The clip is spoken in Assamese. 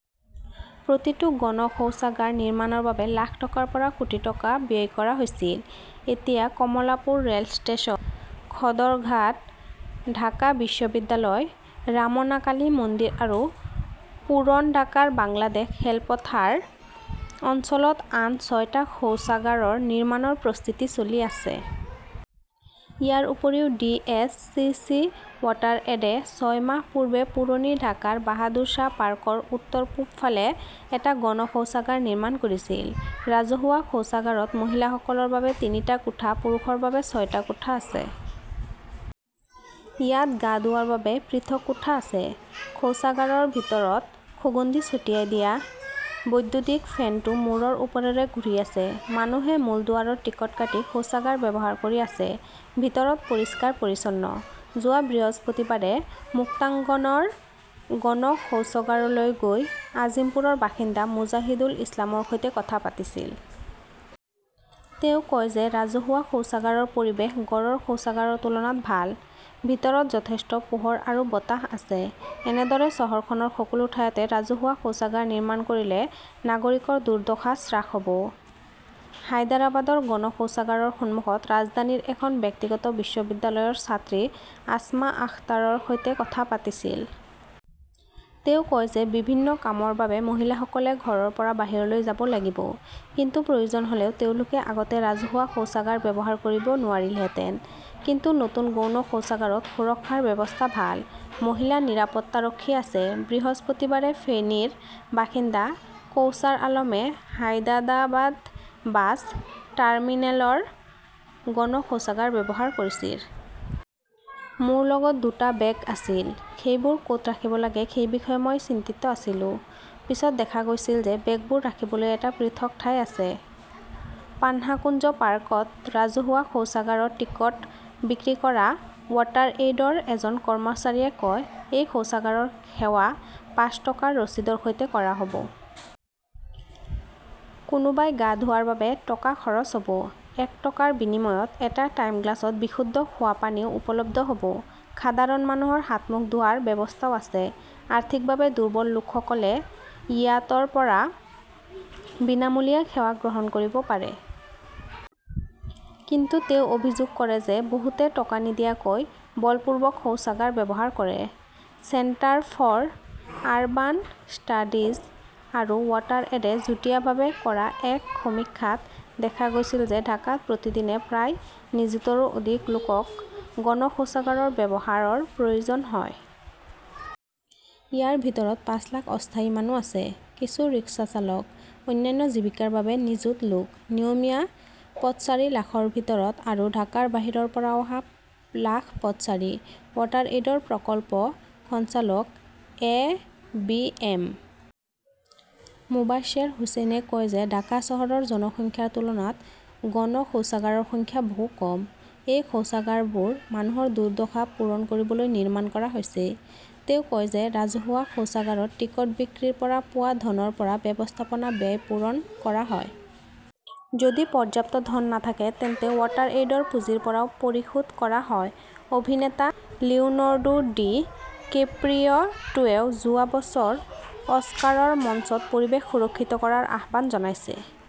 প্ৰতিটো গণ শৌচাগাৰ নিৰ্মাণৰ বাবে লাখ টকাৰ পৰা কোটি টকা ব্যয় কৰা হৈছিল। এতিয়া কমলাপুৰ ৰেল ষ্টেচন, সদৰঘাট, ঢাকা বিশ্ববিদ্যালয়, ৰামনা কালী মন্দিৰ আৰু পুৰণ ঢাকাৰ বাংলাদেশ খেলপথাৰ অঞ্চলত আন ছয়টা শৌচাগাৰৰ নিৰ্মাণৰ প্ৰস্তুতি চলি আছে। ইয়াৰ উপৰিও, ডি. এছ. চি. চি. ৱাটাৰএডে ছয় মাহ পূৰ্বে পুৰণি ঢাকাৰ বাহাদুৰ শ্বাহ পাৰ্কৰ উত্তৰ-পূব ফালে এটা গণ শৌচাগাৰ নিৰ্মাণ কৰিছিল। ৰাজহুৱা শৌচাগাৰত মহিলাসকলৰ বাবে তিনিটা কোঠা, পুৰুষৰ বাবে ছয়টা কোঠা আছে। ইয়াত গা ধোৱাৰ বাবে পৃথক কোঠা আছে। শৌচাগাৰৰ ভিতৰত সুগন্ধি ছটিয়াই দিয়া। বৈদ্যুতিক ফেনটো মূৰৰ ওপৰেৰে ঘূৰি আছে। মানুহে মূল দুৱাৰত টিকট কাটি শৌচাগাৰ ব্যৱহাৰ কৰি আছে। ভিতৰত পৰিষ্কাৰ-পৰিচ্ছন্ন। যোৱা বৃহস্পতিবাৰে মুক্তাংগনৰ গণ শৌচাগাৰলৈ গৈ আজিমপুৰৰ বাসিন্দা মুজাহিদুল ইছলামৰ সৈতে কথা পাতিছিল। তেওঁ কয় যে ৰাজহুৱা শৌচাগাৰৰ পৰিৱেশ ঘৰৰ শৌচাগাৰৰ তুলনাত ভাল। ভিতৰত যথেষ্ট পোহৰ আৰু বতাহ আছে। এনেদৰে চহৰখনৰ সকলো ঠাইতে ৰাজহুৱা শৌচাগাৰ নিৰ্মাণ কৰিলে নাগৰিকৰ দুৰ্দশা হ্ৰাস হ ব। হায়দৰাবাদৰ গণ শৌচাগাৰৰ সন্মুখত ৰাজধানীৰ এখন ব্যক্তিগত বিশ্ববিদ্যালয়ৰ ছাত্ৰী আছমা আখতাৰৰ সৈতে কথা পাতিছিল। তেওঁ কয় যে বিভিন্ন কামৰ বাবে মহিলাসকলে ঘৰৰ পৰা বাহিৰলৈ যাব লাগিব। কিন্তু প্ৰয়োজন হ'লেও তেওঁলোকে আগতে ৰাজহুৱা শৌচাগাৰ ব্যৱহাৰ কৰিব নোৱাৰিলেহেঁতেন। কিন্তু নতুন গণ শৌচাগাৰত সুৰক্ষাৰ ব্যৱস্থা ভাল। মহিলা নিৰাপত্তাৰক্ষী আছে। বৃহস্পতিবাৰে ফেনীৰ বাসিন্দা কৌচাৰ আলমে ছাইদাদাবাদ বাছ টাৰ্মিনেলৰ গণ শৌচাগাৰ ব্যৱহাৰ কৰিছিল। মোৰ লগত দুটা বেগ আছিল। সেইবোৰ ক'ত ৰাখিব লাগে সেই বিষয়ে মই চিন্তিত আছিলো। পিছত দেখা গৈছিল যে, বেগবোৰ ৰাখিবলৈ এটা পৃথক ঠাই আছে। পান্থাকুঞ্জ পাৰ্কত ৰাজহুৱা শৌচাগাৰত টিকট বিক্ৰী কৰা ৱাটাৰএইডৰ এজন কৰ্মচাৰীয়ে কয়, এই শৌচাগাৰৰ সেৱা পাঁচ টকাৰ ৰচিদৰ সৈতে কৰা হ'ব। কোনোবাই গা ধোৱাৰ বাবে টকা খৰচ হ'ব। এক টকাৰ বিনিময়ত এটা টাইমগ্লাছত বিশুদ্ধ খোৱা পানীও উপলব্ধ হ'ব। সাধাৰণ মানুহৰ হাত-মুখ ধোৱাৰ ব্যৱস্থাও আছে। আৰ্থিকভাৱে দুৰ্বল লোকসকলে ইয়াতৰ পৰা বিনামূলীয়া সেৱা গ্ৰহণ কৰিব পাৰে। কিন্তু তেওঁ অভিযোগ কৰে যে, বহুতে টকা নিদিয়াকৈ বলপূৰ্বক শৌচাগাৰ ব্যৱহাৰ কৰে। চেণ্টাৰ ফৰ আৰবান ষ্টাডিজ আৰু ৱাটাৰএডে যুটীয়াভাৱে কৰা এক সমীক্ষাত দেখা গৈছিল যে ঢাকাত প্ৰতিদিনে প্ৰায় নিযুতৰো অধিক লোকক গণ শৌচাগাৰৰ ব্যৱহাৰৰ প্ৰয়োজন হয়। ইয়াৰ ভিতৰত পাঁচ লাখ অস্থায়ী মানুহ আছে, কিছু ৰিক্সা চালক। অন্যান্য জীৱিকাৰ বাবে নিযুত লোক। নিয়মীয়া পথচাৰী লাখৰ ভিতৰত আৰু ঢাকাৰ বাহিৰৰ পৰা অহা লাখ পথচাৰী। ৱাটাৰ এইডৰ প্ৰকল্প সঞ্চালক এ. বি. এম. মোবাশ্বেৰ হুচেইনে কয় যে ঢাকা চহৰৰ জনসংখ্যাৰ তুলনাত গণ শৌচাগাৰৰ সংখ্যা বহু কম। এই শৌচাগাৰবোৰ মানুহৰ দুৰ্দশা পূৰণ কৰিবলৈ নিৰ্মাণ কৰা হৈছে। তেওঁ কয় যে ৰাজহুৱা শৌচাগাৰত টিকট বিক্ৰীৰ পৰা পোৱা ধনৰ পৰা ব্যৱস্থাপনা ব্যয় পূৰণ কৰা হয়। যদি পৰ্যাপ্ত ধন নাথাকে তেন্তে ৱাটাৰএইডৰ পুঁজিৰ পৰাও পৰিশোধ কৰা হয়। অভিনেতা লিওনৰ্ডো ডি কেপ্ৰিঅ "টোৱেও যোৱা বছৰ অস্কাৰৰ মঞ্চত পৰিৱেশ সুৰক্ষিত কৰাৰ আহ্বান জনাইছে।